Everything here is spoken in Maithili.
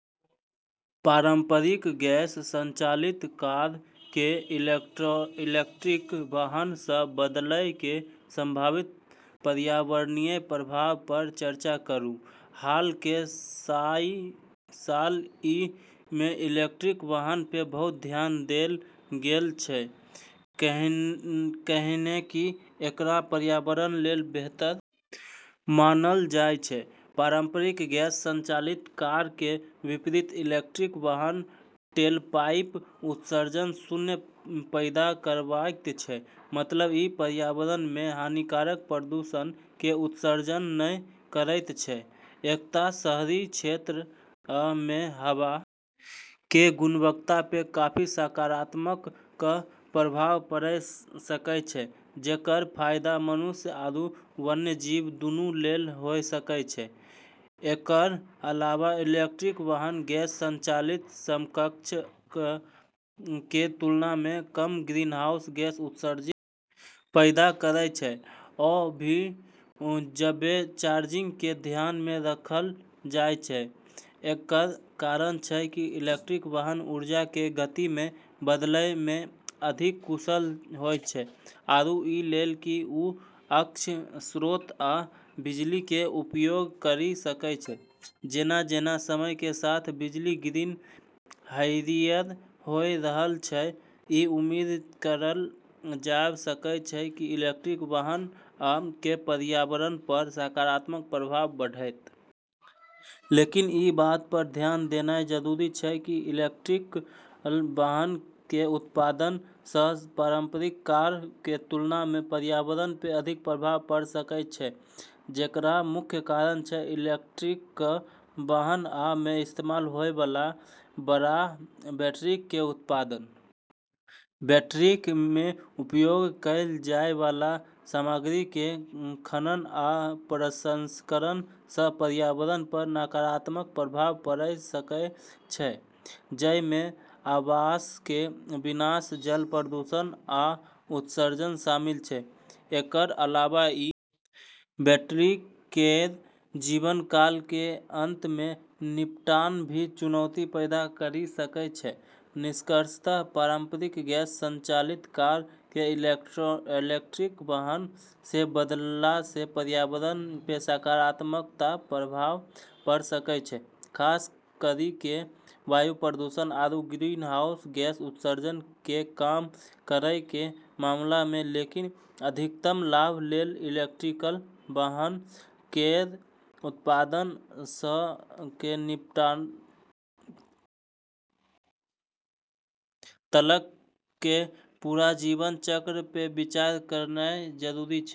पारंपरिक गैस संचालित कार कें इलेक्ट्रिक वाहन सं बदलय कें संभावित पर्यावरणीय प्रभाव पर चर्चा करूं, हाल के सालऽ मे इलेक्ट्रिक वाहन पे बहुत ध्यान देलऽ गेलऽ छै, कैन्हेंकि एकरा पर्यावरण लेली बेहतर मानलऽ जाय छै, पारंपरिक गैस संचालित कार कें विपरीत इलेक्ट्रिक वाहन टेलपाइप उत्सर्जन शून्य पैदा करएयत छै मतलब इ पर्यावरण मे हानिकारक प्रदूषक कें उत्सर्जन नहि करएयत छै, एकरऽ शहरी क्षेत्रऽ मे हवा के गुणवत्ता पे काफी सकारात्मक प्रभाव पड़े सकै छै जेकरऽ फायदा मनुष्य आरू वन्यजीव दूनू लेली होय सकै छै, एकरऽ अलावा इलेक्ट्रिक वाहन गैस संचालित समकक्षऽ के तुलना मे कम ग्रीनहाउस गैस उत्सर्जन पैदा करै छै, उ भी जबे चार्जिंग के ध्यान मे रखलऽ जाय छै, एकरऽ कारण छै कि इलेक्ट्रिक वाहन ऊर्जा के गति मे बदलै मे अधिक कुशल होय छै आरू ई लेली कि उ अक्षय स्रोतऽ से बिजली के उपयोग करी सकै छै, जेना-जेना समय के साथ बिजली ग्रिड हरियर होय रहलऽ छै, ई उम्मीद करलऽ जाब॑ सकै छै कि इलेक्ट्रिक वाहनऽ के पर्यावरण प॑ सकारात्मक प्रभाव बढ़तै। लेकिन ई बात पे ध्यान देना जरूरी छै कि इलेक्ट्रिक वाहन के उत्पादन स॑ पारंपरिक कारऽ के तुलना मे पर्यावरण पे अधिक प्रभाव पड़े सकै छै जेकरऽ मुख्य कारण छै इलेक्ट्रिक वाहनऽ मे इस्तेमाल होय वाला बड़ऽ बैटरी के उत्पादन। बैटरी मे उपयोग कैल जाय वाला सामग्री कें खनन आ प्रसंस्करण सं पर्यावरण पर नकारात्मक प्रभाव पड़य सकय छै, जइ मे आवास कें विनाश, जल प्रदूषण आ उत्सर्जन शामिल छै, एकरऽ अलावा ई बैटरी केरऽ जीवन काल के अंत मे निपटान भी चुनौती पैदा करी सकै छै, निष्कर्षतः पारंपरिक गैस संचालित कार के इलेक्ट्रिक वाहन से बदलला से पर्यावरण पे सकारात्मक प्रभाव पड़े सकै छै, खास करी के वायु प्रदूषण आरू ग्रीनहाउस गैस उत्सर्जन के कम करै के मामला मे लेकिन अधिकतम लाभ लेली इलेक्ट्रिक वाहन केरऽ उत्पादन स ल के निपटान तलक के पूरा जीवन चक्र पे विचार करना जरूरी छै।